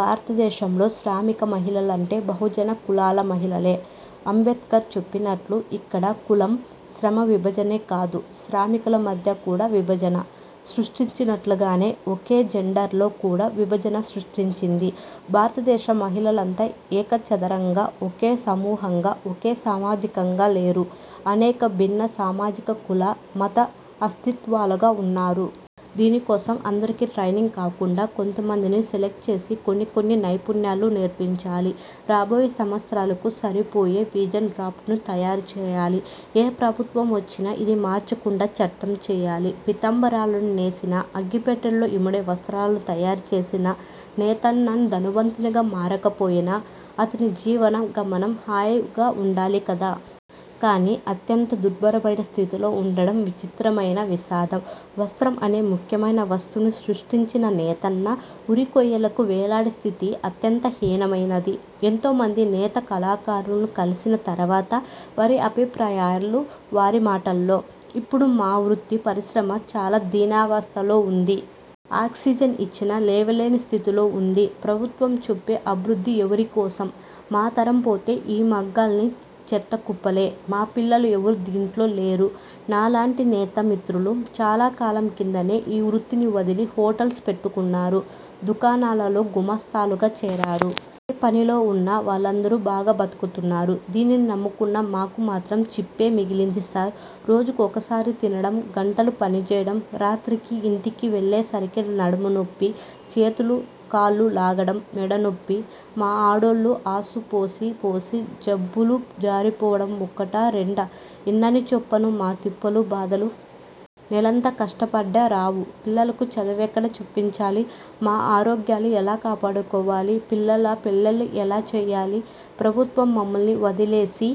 భారతదేశంలో శ్రామిక మహిళలంటే బహుజన కులాల మహిళలే. అంబేడ్కర్ చెప్పినట్లు ఇక్కడ కులం శ్రమ విభజనే కాదు, శ్రామికుల మధ్య కూడా విభజన సృష్టించినట్లుగానే ఒకే జెండర్లో కూడా విభజన సృష్టించింది. భారతదేశ మహిళలంతా ఏక చదరంగా, ఒకే సమూహంగా, ఒకే సామాజికంగా లేరు. అనేక భిన్న సామాజిక కుల, మత అస్తిత్వాలుగా వున్నారు. దీనికోసం అందరికీ ట్రైనింగ్ కాకుండా కొంతమందిని సెలక్ట్ చేసి కొన్ని కొన్ని నైపుణ్యాలు నేర్పించాలి. రాబోయే సంవత్సరాలకు సరిపోయే విజన్ డ్రాఫ్ట్ను తయారు చెయ్యాలి. ఏ ప్రభుత్వం వచ్చినా ఇది మార్చకుండా చట్టం చెయ్యాలి. పీతాంబరాలను నేసిన, అగ్గిపెట్టెలో ఇమిడే వస్ర్తాలను తయారు చేసిన నేతన్న ధనవంతునిగా మారకపోయినా అతడి జీవన గమనం హాయిగా ఉండాలి కదా! కానీ అత్యంత దుర్భరమైన స్థితిలో ఉండడం విచిత్రమైన విషాదం. 'వస్త్రం' అనే ముఖ్యమైన వస్తువుని సృష్టించిన 'నేతన్న', 'ఉరి'కొయ్యలకు వేలాడే స్థితి అత్యంత హీనమైనది. ఎంతో మంది నేత కళాకారులను కలిసిన తర్వాత, వారి అభిప్రాయాలు వారి మాటల్లో– ఇప్పుడు మా 'వృత్తి' పరిశ్రమ చాలా దీనావస్థలో వుంది. ''ఆక్సిజన్ ఇచ్చినా లేవలేని స్థితిలో వుంది. ప్రభుత్వం చెప్పే అభివృద్ధి ఎవరి కోసం మాతరం పోతే ఈ మగ్గాలన్నీ చెత్తకుప్పలే. మా పిల్లలు ఎవ్వరూ దీంట్లో లేరు. ' నాలాంటి 'నేత' మిత్రులు చాలాకాలం కిందనే ఈ వృత్తిని వదిలి హోటల్స్ పెట్టుకున్నారు. దుకాణాలలో గుమస్తాలుగా చేరారు. ఏ పనిలో వున్నా వాళ్ళందరూ బాగా బతుకుతున్నారు. దీనిని నమ్ముకున్న మాకు మాత్రం 'చిప్పే' మిగిలింది సార్! రోజుకు ఒక్కసారి తినడం గంటలు పనిచేయడం రాత్రికి ఇంటికి వెళ్ళేసరికి నడుము నొప్పి, చేతులు కాళ్ళు లాగడం మెడ నొప్పి మా ఆడోళ్ళు ఆసు పోసి పోసి జబ్బలు జారిపోవడం ఒకటా, రెండా ఎన్నని చెప్పను మా తిప్పలు, బాధలు. నెలంతా కష్టపడ్డా రావు. పిల్లలకు చదువెక్కడ చెప్పించాలి. మా ఆరోగ్యాలు ఎలా కాపాడుకోవాలి. పిల్లల పేల్లలు ఎలా చెయ్యాలి. ప్రభుత్వం మమ్మల్ని వదిలేసి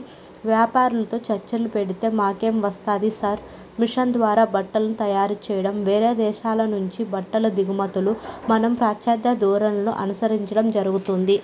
వ్యాపారులతో చర్చలు పెడితే మాకేం వస్తది సార్! మిషన్ ద్వారా బట్టలను తయారు చేయడం, వేరే దేశాల నుంచి బట్టల దిగుమతులు, మనం పాశ్చాత్య ధోరణులను అనుసరించడం జరుగుతోంది.